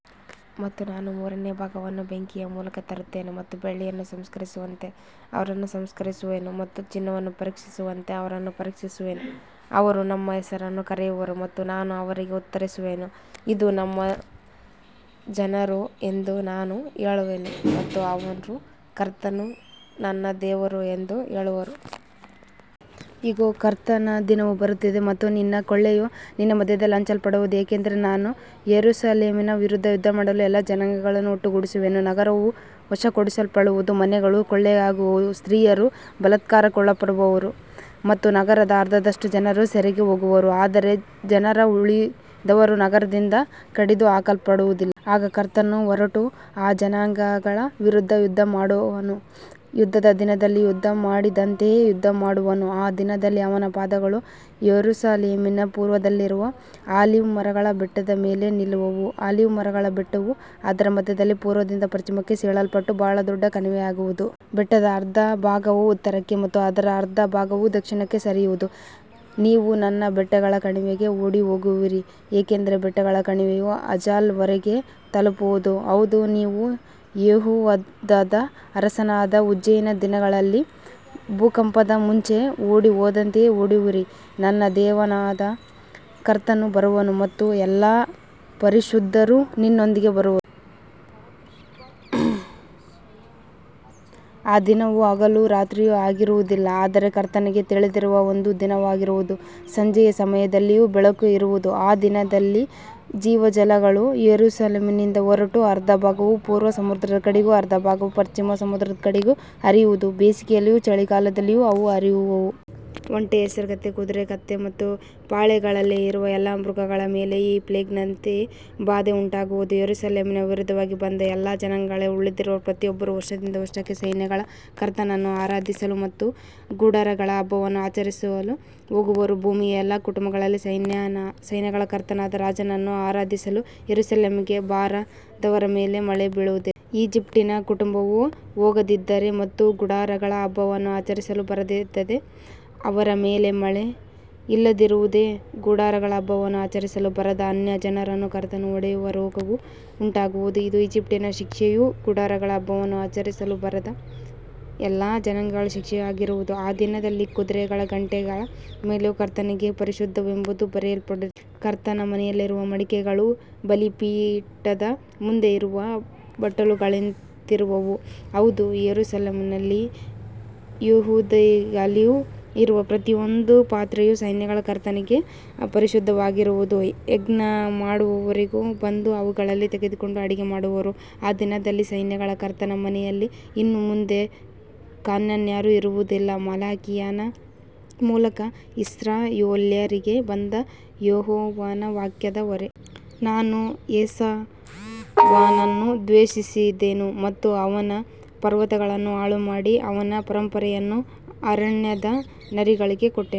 ಮತ್ತು ನಾನು ಮೂರನೆಯ ಭಾಗವನ್ನು ಬೆಂಕಿಯ ಮೂಲಕ ತರುತ್ತೇನೆ ಮತ್ತು ಬೆಳ್ಳಿಯನ್ನು ಸಂಸ್ಕರಿಸುವಂತೆ ಅವರನ್ನು ಸಂಸ್ಕರಿಸುವೆನು ಮತ್ತು ಚಿನ್ನವನ್ನು ಪರೀಕ್ಷಿಸುವಂತೆ ಅವರನ್ನು ಪರೀಕ್ಷಿಸುವೆನು. ಅವರು ನನ್ನ ಹೆಸರನ್ನು ಕರೆಯುವರು ಮತ್ತು ನಾನು ಅವರಿಗೆ ಉತ್ತರಿಸುವೆನು. ಇದು ನನ್ನ ಜನರು ಎಂದು ನಾನು ಹೇಳುವೆನು ಮತ್ತು ಅವರು ಕರ್ತನು ನನ್ನ ದೇವರು ಎಂದು ಹೇಳುವರು. ಇಗೋ, ಕರ್ತನ ದಿನವು ಬರುತ್ತದೆ ಮತ್ತು ನಿನ್ನ ಕೊಳ್ಳೆಯು ನಿನ್ನ ಮಧ್ಯದಲ್ಲಿ ಹಂಚಲ್ಪಡುವುದು. ಯಾಕಂದರೆ ನಾನು ಯೆರೂಸಲೇಮಿನ ವಿರುದ್ಧ ಯುದ್ಧಮಾಡಲು ಎಲ್ಲಾ ಜನಾಂಗಗಳನ್ನು ಒಟ್ಟುಗೂಡಿಸುವೆನು. ನಗರವು ವಶಪಡಿಸಿಕೊಳ್ಳಲ್ಪಡುವುದು, ಮನೆಗಳು ಕೊಳ್ಳೆಯಾಗುವವು, ಸ್ತ್ರೀಯರು ಬಲಾತ್ಕಾರಕ್ಕೊಳಗಾಗುವರು ಮತ್ತು ನಗರದ ಅರ್ಧದಷ್ಟು ಜನರು ಸೆರೆಗೆ ಹೋಗುವರು. ಆದರೆ ಜನರ ಉಳಿದವರು ನಗರದಿಂದ ಕಡಿದುಹಾಕಲ್ಪಡುವುದಿಲ್ಲ. ಆಗ ಕರ್ತನು ಹೊರಟು ಆ ಜನಾಂಗಗಳ ವಿರುದ್ಧ ಯುದ್ಧಮಾಡುವನು, ಯುದ್ಧದ ದಿನದಲ್ಲಿ ಯುದ್ಧಮಾಡಿದಂತೆಯೇ ಯುದ್ಧಮಾಡುವನು. ಆ ದಿನದಲ್ಲಿ ಅವನ ಪಾದಗಳು ಯೆರೂಸಲೇಮಿನ ಪೂರ್ವದಲ್ಲಿರುವ ಆಲಿವ್ ಮರಗಳ ಬೆಟ್ಟದ ಮೇಲೆ ನಿಲ್ಲುವವು. ಆಲಿವ್ ಮರಗಳ ಬೆಟ್ಟವು ಅದರ ಮಧ್ಯದಲ್ಲಿ ಪೂರ್ವದಿಂದ ಪಶ್ಚಿಮಕ್ಕೆ ಸೀಳಲ್ಪಟ್ಟು ಬಹಳ ದೊಡ್ಡ ಕಣಿವೆಯಾಗುವುದು. ಬೆಟ್ಟದ ಅರ್ಧ ಭಾಗವು ಉತ್ತರಕ್ಕೆ ಮತ್ತು ಅದರ ಅರ್ಧ ಭಾಗವು ದಕ್ಷಿಣಕ್ಕೆ ಸರಿಯುವುದು. ನೀವು ನನ್ನ ಬೆಟ್ಟಗಳ ಕಣಿವೆಗೆ ಓಡಿಹೋಗುವಿರಿ, ಏಕೆಂದರೆ ಬೆಟ್ಟಗಳ ಕಣಿವೆಯು ಅಜಾಲ್ ವರೆಗೆ ತಲುಪುವುದು. ಹೌದು, ನೀವು ಯೆಹೂದದ ಅರಸನಾದ ಉಜ್ಜೀಯನ ದಿನಗಳಲ್ಲಿ ಭೂಕಂಪದ ಮುಂಚೆ ಓಡಿಹೋದಂತೆಯೇ ಓಡಿಹೋಗುವಿರಿ. ನನ್ನ ದೇವರಾದ ಕರ್ತನು ಬರುವನು ಮತ್ತು ಎಲ್ಲಾ ಪರಿಶುದ್ಧರೂ ನಿನ್ನೊಂದಿಗೆ ಬರುವರು. ಆ ದಿನವು ಹಗಲೂ ರಾತ್ರಿಯೂ ಆಗಿರುವುದಿಲ್ಲ, ಆದರೆ ಕರ್ತನಿಗೆ ತಿಳಿದಿರುವ ಒಂದು ದಿನವಾಗಿರುವುದು. ಸಂಜೆಯ ಸಮಯದಲ್ಲಿಯೂ ಬೆಳಕು ಇರುವದು. ಆ ದಿನದಲ್ಲಿ ಜೀವಜಲಗಳು ಯೆರೂಸಲೇಮಿನಿಂದ ಹೊರಟು, ಅರ್ಧ ಭಾಗವು ಪೂರ್ವ ಸಮುದ್ರದ ಕಡೆಗೂ ಅರ್ಧ ಭಾಗವು ಪಶ್ಚಿಮ ಸಮುದ್ರದ ಕಡೆಗೂ ಹರಿಯುವವು. ಬೇಸಿಗೆಯಲ್ಲಿಯೂ ಚಳಿಗಾಲದಲ್ಲಿಯೂ ಅವು ಹರಿಯುವವು. ಒಂಟೆ, ಹೇಸರಗತ್ತೆ, ಕುದುರೆ, ಕತ್ತೆ ಮತ್ತು ಈ ಪಾಳೆಯಗಳಲ್ಲಿ ಇರುವ ಎಲ್ಲಾ ಮೃಗಗಳ ಮೇಲೆಯೂ ಈ ಪ್ಲೇಗ್‌ನಂತೆಯೇ ಬಾಧೆ ಉಂಟಾಗುವುದು. ಯೆರೂಸಲೇಮಿನ ವಿರುದ್ಧವಾಗಿ ಬಂದ ಎಲ್ಲಾ ಜನಾಂಗಗಳಲ್ಲಿ ಉಳಿದಿರುವ ಪ್ರತಿಯೊಬ್ಬರೂ ವರ್ಷದಿಂದ ವರ್ಷಕ್ಕೆ ಸೈನ್ಯಗಳ ಕರ್ತನನ್ನು ಆರಾಧಿಸಲು ಮತ್ತು ಗುಡಾರಗಳ ಹಬ್ಬವನ್ನು ಆಚರಿಸಲು ಹೋಗುವರು. ಭೂಮಿಯ ಎಲ್ಲಾ ಕುಟುಂಬಗಳಲ್ಲಿ ಸೈನ್ಯಗಳ ಕರ್ತನಾದ ರಾಜನನ್ನು ಆರಾಧಿಸಲು ಯೆರೂಸಲೇಮಿಗೆ ಬಾರದವರ ಮೇಲೆ ಮಳೆ ಬೀಳುವುದಿಲ್ಲ. ಈಜಿಪ್ಟಿನ ಕುಟುಂಬವು ಹೋಗದಿದ್ದರೆ ಮತ್ತು ಗುಡಾರಗಳ ಹಬ್ಬವನ್ನು ಆಚರಿಸಲು ಬರದಿದ್ದರೆ, ಅವರ ಮೇಲೆ ಮಳೆಯಿಲ್ಲದಿರುವುದಲ್ಲದೆ, ಗುಡಾರಗಳ ಹಬ್ಬವನ್ನು ಆಚರಿಸಲು ಬರದ ಅನ್ಯಜನರನ್ನು ಕರ್ತನು ಹೊಡೆಯುವ ರೋಗವೂ ಉಂಟಾಗುವುದು. ಇದು ಈಜಿಪ್ಟಿನ ಶಿಕ್ಷೆಯೂ ಗುಡಾರಗಳ ಹಬ್ಬವನ್ನು ಆಚರಿಸಲು ಬರದ ಎಲ್ಲಾ ಜನಾಂಗಗಳ ಶಿಕ್ಷೆಯೂ ಆಗಿರುವುದು. ಆ ದಿನದಲ್ಲಿ ಕುದುರೆಗಳ ಗಂಟೆಗಳ ಮೇಲೆಯೂ ಕರ್ತನಿಗೆ ಪರಿಶುದ್ಧವೆಂಬುದು ಬರೆಯಲ್ಪಟ್ಟಿರು. ಕರ್ತನ ಮನೆಯಲ್ಲಿರುವ ಮಡಕೆಗಳು ಬಲಿಪೀಠದ ಮುಂದೆ ಇರುವ ಬಟ್ಟಲುಗಳಂತಿರುವವು. ಹೌದು, ಯೆರೂಸಲೇಮಿನಲ್ಲಿಯೂ ಯೆಹೂದದಲ್ಲಿಯೂ ಇರುವ ಪ್ರತಿಯೊಂದು ಪಾತ್ರೆಯೂ ಸೈನ್ಯಗಳ ಕರ್ತನಿಗೆ ಪರಿಶುದ್ಧವಾಗಿರುವುದು. ಯಜ್ಞಮಾಡುವವರೆಲ್ಲರೂ ಬಂದು ಅವುಗಳಲ್ಲಿ ತೆಗೆದುಕೊಂಡು ಅಡುಗೆ ಮಾಡುವರು. ಆ ದಿನದಲ್ಲಿ ಸೈನ್ಯಗಳ ಕರ್ತನ ಮನೆಯಲ್ಲಿ ಇನ್ನು ಮುಂದೆ ಕಾನಾನ್ಯರು ಇರುವುದಿಲ್ಲ. ಮಲಾಕಿಯನ ಮೂಲಕ ಇಸ್ರಾಯೇಲ್ಯರಿಗೆ ಬಂದ ಯೆಹೋವನ ವಾಕ್ಯದ ಹೊರೆ. ನಾನು ಏಸಾವನನ್ನು ದ್ವೇಷಿಸಿದೆನು ಮತ್ತು ಅವನ ಪರ್ವತಗಳನ್ನು ಹಾಳುಮಾಡಿ ಅವನ ಪರಂಪರೆಯನ್ನು ಅರಣ್ಯದ ನರಿಗಳಿಗೆ ಕೊಟ್ಟೆನು.